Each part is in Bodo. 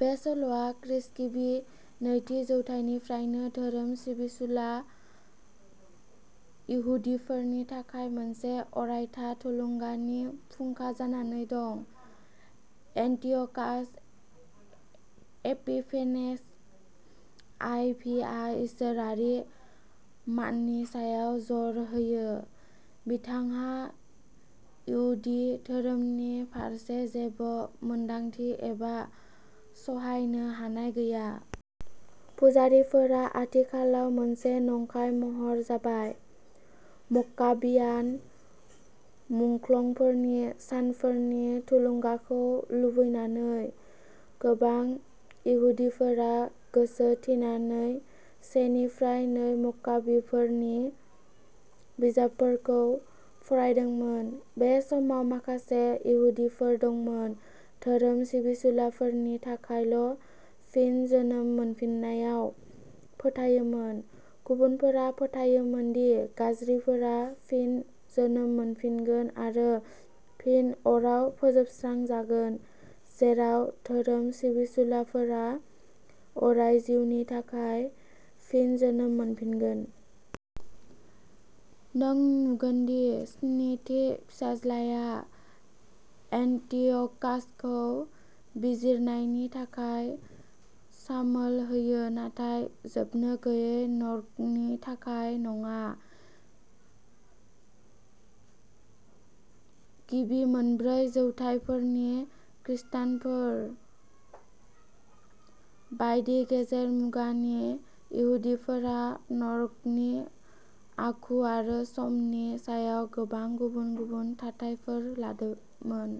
बे सल'आ खृष्टगिबि नैथि जौथायनिफ्रायनो धोरोम सिबिसुला इहुदिफोरनि थाखाय मोनसे अरायथा थुलुंगानि फुंखा जानानै दं। एन्टिअ'कास एपिफेनेस आइ भि आ इसोरारि माननि सायाव जर होयो। बिथांहा इहुदि धोरोमनि फारसे जेबो मोनदांथि एबा सहायनो हानाय गैया। पुजारीफोरा आथिखालाव मोनसे नंखाय महर जाबाय। मक्काबियान मुंख्लंफोरनि सानफोरनि थुलुंगाखौ लुबैनानै, गोबां इहुदिफोरा गोसो थिनानै से निफ्राय नै मक्काबीफोरनि बिजाबफोरखौ फरायदोंमोन। बे समाव माखासे इहुदिफोर दंमोन। धोरोम सिबिसुलाफोरनि थाखायल' फिन जोनोम मोनफिननायाव फोथायोमोन, गुबुनफोरा फोथायोमोन दि गाज्रिफोरा फिन जोनोम मोनफिनगोन आरो फिन अराव फोजोबस्रांजागोन, जेराव धोरोम सिबिसुलाफोरा अराय जिउनि थाखाय फिन जोनोम मोनफिनगोन। नों नुगोन दि स्निथि फिसाज्लाया एन्टिअकासखौ बिजिरनायनि थाखाय सामोल होयो, नाथाय जोबनो गैयै नरकनि थाखाय नङा। गिबि मोनब्रै जौथायफोरनि खृष्टानफोर बायदि गेजेर मुगानि इहुदिफोरा नरकनि आखु आरो समनि सायाव गोबां गुबुन गुबुन थाथायफोर लादोंमोन।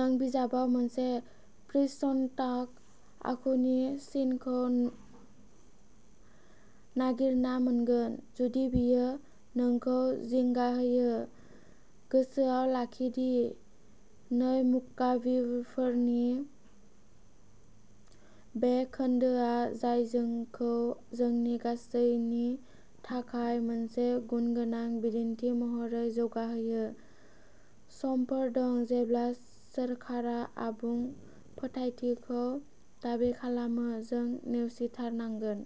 नों बिजाबाव मोनसे पितृसत्ताक आखुनि सिनखौ नागिरना मोनगोन। जुदि बेयो नोंखौ जिंगा होयो, गोसोआव लाखि दि नै मक्काबीफोरनि बे खोनदोआ आयजोखौ जोंनि गासैनि थाखाय मोनसे गुनगोनां बिदिन्थि महरै जौगाहोयो। समफोर दं जेब्ला सोरखारा आबुं फोथायथिखौ दाबि खालामो जों नेवसिथारनांगोन।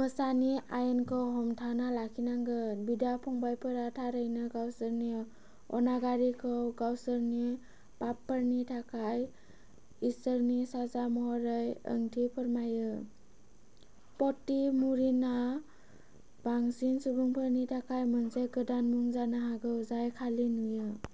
मोसानि आयेनखौ हमथाना लाखिनांगोन। बिदा-फंबायफोरा थारैनो गावसोरनि अनागारिखौ गावसोरनि पापफोरनि थाखाय इसोरनि साजा महरै ओंथि फोरमायो। पट्टि मुरिनआ बांसिन सुबुंफोरनि थाखाय मोनसे गोदान मुं जानो हागौ जाय खालि नुयो।